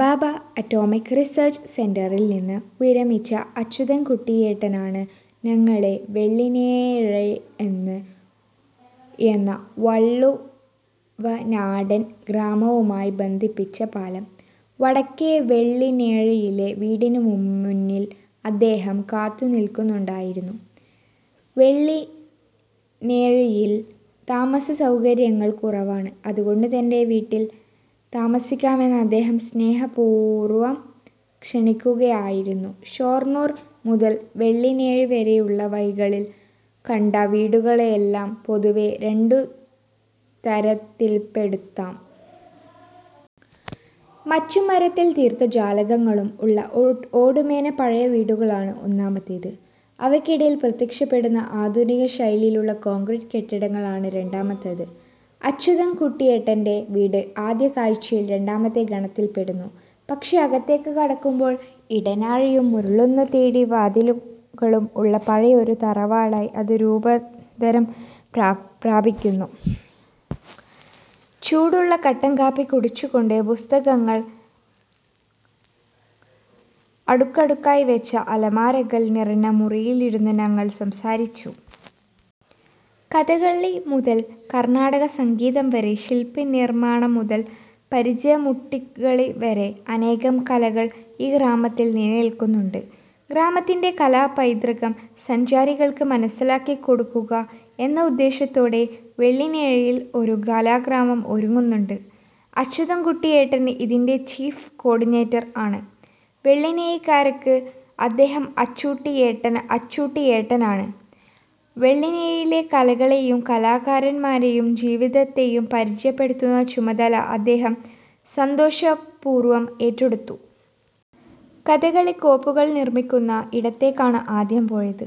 Bhabha atomic research സെന്ററില് നിന്ന് വിരമിച്ച അച്യുതന്കുട്ടിയേട്ടനാണ് ഞങ്ങളെ വെള്ളിനേഴിയെന്ന വള്ളുവനാടന് ഗ്രാമവുമായി ബന്ധിപ്പിച്ച പാലം. വടക്കേ വെള്ളിനേഴിയിലെ വീടിനു മുന്നില് അദ്ദേഹം കാത്തുനില്ക്കുന്നുണ്ടായിരുന്നു. വെള്ളിനേഴിയില് താമസസൗകര്യങ്ങള് കുറവാണ്. അതുകൊണ്ട് തന്റെ വീട്ടില് താമസിക്കാമെന്ന് അദ്ദേഹം സ്നേഹപൂര്വം ക്ഷണിക്കുകയായിരുന്നു. ഷൊര്ണൂര് മുതല് വെള്ളിനേഴിവരെയുള്ള വഴികളില് കണ്ട വീടുകളെയെല്ലാം പൊതുവേ രണ്ടുതരത്തില്പ്പെടുത്താം. മച്ചും മരത്തില് തീര്ത്ത ജാലകങ്ങളും ഉള്ള ഓടുമേഞ്ഞ പഴയവീടുകളാണ് ഒന്നാമത്തെത്. അവയ്ക്കിടയില് പ്രത്യക്ഷപ്പെടുന്ന ആധുനികശൈലിയിലുള്ള കോണ്ക്രീറ്റ് കെട്ടിടങ്ങളാണ് രണ്ടാമത്തെത്. അച്യുതന്കുട്ടിയേട്ടന്റെ വീട് ആദ്യ കാഴ്ചയില് രണ്ടാമത്തെ ഗണത്തില്പ്പെടുന്നു. പക്ഷേ, അകത്തേക്ക് കടക്കുമ്പോള് ഇടനാഴിയും മുരളുന്ന തടി വാതിലുകളും ഉള്ള പഴയൊരു തറവാടായി അത് രൂപാന്തരം പ്രാപിക്കുന്നു. ചൂടുള്ള കട്ടന്കാപ്പി കുടിച്ചുകൊണ്ട് പുസ്തകങ്ങള് അടുക്കടുക്കായിവെച്ച അലമാരകള് നിറഞ്ഞ മുറിയിലിരുന്ന് ഞങ്ങള് സംസാരിച്ചു. കഥകളിമുതല് കര്ണാടകസംഗീതംവരെ, ശില്പനിര്മാണംമുതല് പരിചമുട്ടുകളിവരെ അനേകം കലകള് ഈ ഗ്രാമത്തില് നിലനില്ക്കുന്നുണ്ട്. ഗ്രാമത്തിന്റെ കലാപൈതൃകം സഞ്ചാരികള്ക്ക് മനസ്സിലാക്കികൊടുക്കുക എന്ന ഉദ്ദേശ്യത്തോടെ വെള്ളിനേഴിയില് ഒരു കലാഗ്രാമം ഒരുങ്ങുന്നുണ്ട്. അച്യുതന്കുട്ടിയേട്ടന് ഇതിന്റെ ചീഫ് കോ ഓഡിനേറ്റര് ആണ്. വെള്ളിനേഴിക്കാര്ക്ക് അദ്ദേഹം അച്ചൂട്ടിയേട്ടനാണ്. വെള്ളിനേഴിയിലെ കലകളെയും കലാകാരന്മാരെയും ജീവിതത്തെയും പരിചയപ്പെടുത്തുന്ന ചുമതല അദ്ദേഹം സന്തോഷപൂര്വം ഏറ്റെടുത്തു. കഥകളിക്കോപ്പുകള് നിര്മിക്കുന്ന ഇടത്തേക്കാണ് ആദ്യം പോയത്.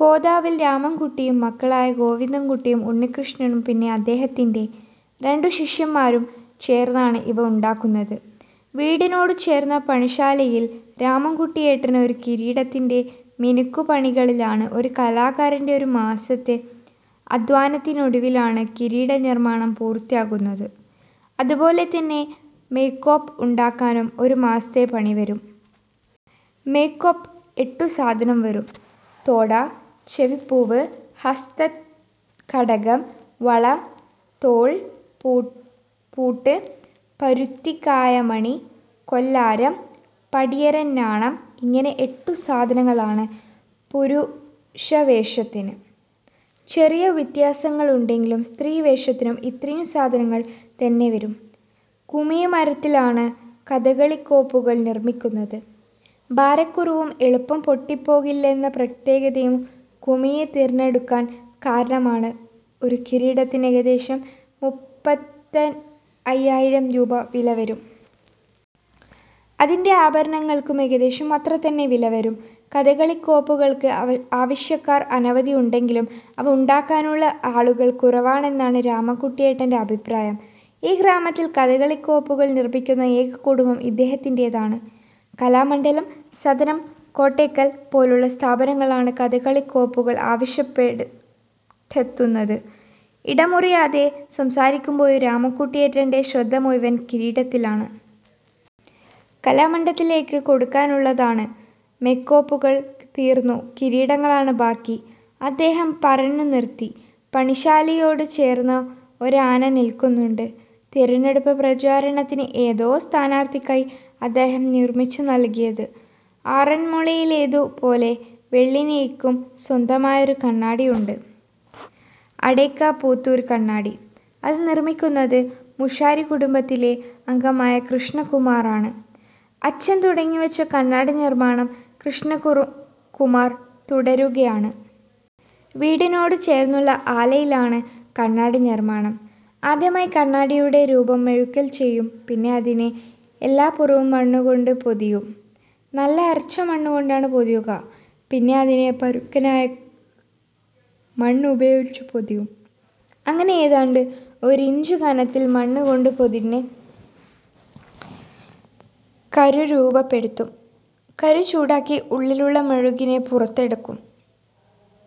കോതാവില് രാമന്കുട്ടിയും മക്കളായ ഗോവിന്ദന്കുട്ടിയും ഉണ്ണികൃഷ്ണനും പിന്നെ അദേഹത്തിന്റെ രണ്ടുശിഷ്യന്മാരും ചേര്ന്നാണ് ഇവ ഉണ്ടാക്കുന്നത്. വീടിനോടു ചേര്ന്ന പണിശാലയില് രാമന്കുട്ടിയേട്ടന് ഒരു കിരീടത്തിന്റെ മിനുക്കുപണികളിലാണ്. ഒരു കലാകാരന്റെ ഒരു മാസത്തെ അധ്വാനത്തിനൊടുവിലാണ് കിരീടനിര്മാണം പൂര്ത്തിയാകുന്നത്. അതുപോലെതന്നെ മെയ്ക്കോപ്പ് ഉണ്ടാക്കാനും ഒരു മാസത്തെ പണിവരും. മെയ്ക്കോപ്പ് എട്ടു സാധനം വരും. തോട, ചെവിപ്പൂവ്, ഹസ്തകടകം, വള, തോള്പ്പൂട്ട്, പരുത്തിക്കായമണി, കൊല്ലാരം, പടിയരഞ്ഞാണം. ഇങ്ങനെ എട്ടുസാധനങ്ങളാണ് പുരുഷവേഷത്തിന്. ചെറിയ വ്യത്യാസങ്ങളുണ്ടെങ്കിലും സ്ത്രീവേഷത്തിനും ഇത്രയും സാധനങ്ങള് തന്നെ വരും. കുമിഴ് മരത്തിലാണ് കഥകളിക്കോപ്പുകള് നിര്മിക്കുന്നത്. ഭാരക്കുറവും എളുപ്പം പൊട്ടിപ്പോകില്ലെന്ന പ്രത്യേകതയും കുമിഴ് തിരഞ്ഞെടുക്കാന് കാരണമാണ്. ഒരു കിരീടത്തിന് ഏകദേശം മുപ്പത്തയ്യായിരം രൂപ വില വരും. അതിന്റെ ആഭരണങ്ങള്ക്കും ഏകദേശം അത്ര തന്നെ വിലവരും. കഥകളിക്കോപ്പുകള്ക്ക് ആവശ്യക്കാര് അനവധി ഉണ്ടെങ്കിലും അവ ഉണ്ടാക്കാനുള്ള ആളുകള് കുറവാണെന്നാണ് രാമന്കുട്ടിയേട്ടന്റെ അഭിപ്രായം. ഈ ഗ്രാമത്തില് കഥകളിക്കോപ്പുകള് നിര്മിക്കുന്ന ഏക കുടുംബം ഇദ്ദേഹത്തിന്റെതാണ്. കലാമണ്ഡലം, സദനം, കോട്ടയ്ക്കല് പോലുള്ള സ്ഥാപനങ്ങളാണ് കഥകളിക്കോപ്പുകള് ആവശ്യപ്പെട്ടെത്തുന്നത്. ഇടമുറിയാതെ സംസാരിക്കുമ്പോഴും രാമന്കുട്ടിയേട്ടന്റെ ശ്രദ്ധമുഴുവന് കിരീടത്തിലാണ്. കലാമണ്ഡലത്തിലേക്ക് കൊടുക്കാനുള്ളതാണ്, മെയ്ക്കോപ്പുകള് തീര്ന്നു, കിരീടങ്ങളാണ് ബാക്കിഅദ്ദേഹം പറഞ്ഞുനിര്ത്തി. പണിശാലയോടു ചേര്ന്ന് ഒരാന നില്ക്കുന്നുണ്ട്. തിരഞ്ഞെടുപ്പ് പ്രചാരണത്തിന് ഏതോ സ്ഥാനാര്ഥിക്കായി അദ്ദേഹം നിര്മിച്ചു നല്കിയത്. ആറന്മുളയിലേതുപോലെ വെള്ളിനേഴിക്കും സ്വന്തമായൊരു കണ്ണാടിയുണ്ട്. അടയ്ക്കാപുത്തൂര് കണ്ണാടി. അത് നിര്മിക്കുന്നത് മൂശാരി കുടുംബത്തിലെ അംഗമായ കൃഷ്ണകുമാറാണ്. അച്ഛന് തുടങ്ങിവെച്ച കണ്ണാടിനിര്മാണം കൃഷ്ണകുമാര് തുടരുകയാണ്. വീടിനോടു ചേര്ന്നുള്ള ആലയിലാണ് കണ്ണാടിനിര്മാണം. ആദ്യമായി കണ്ണാടിയുടെ രൂപം മെഴുകില് ചെയ്യും. പിന്നെ അതിനെ എല്ലാപുറവും മണ്ണുകൊണ്ട് പൊതിയും. നല്ല അരച്ച മണ്ണുകൊണ്ടാണ് പൊതിയുക. പിന്നെ അതിനെ പരുക്കനായ മണ്ണ് ഉപയോഗിച്ച് പൊതിയും. അങ്ങനെ ഏതാണ്ട് ഒരിഞ്ച് കനത്തില് മണ്ണുകൊണ്ട് പൊതിഞ്ഞ് കരു രൂപപ്പെടുത്തും. കരു ചൂടാക്കി ഉള്ളിലുള്ള മെഴുകിനെ പുറത്തെടുക്കും.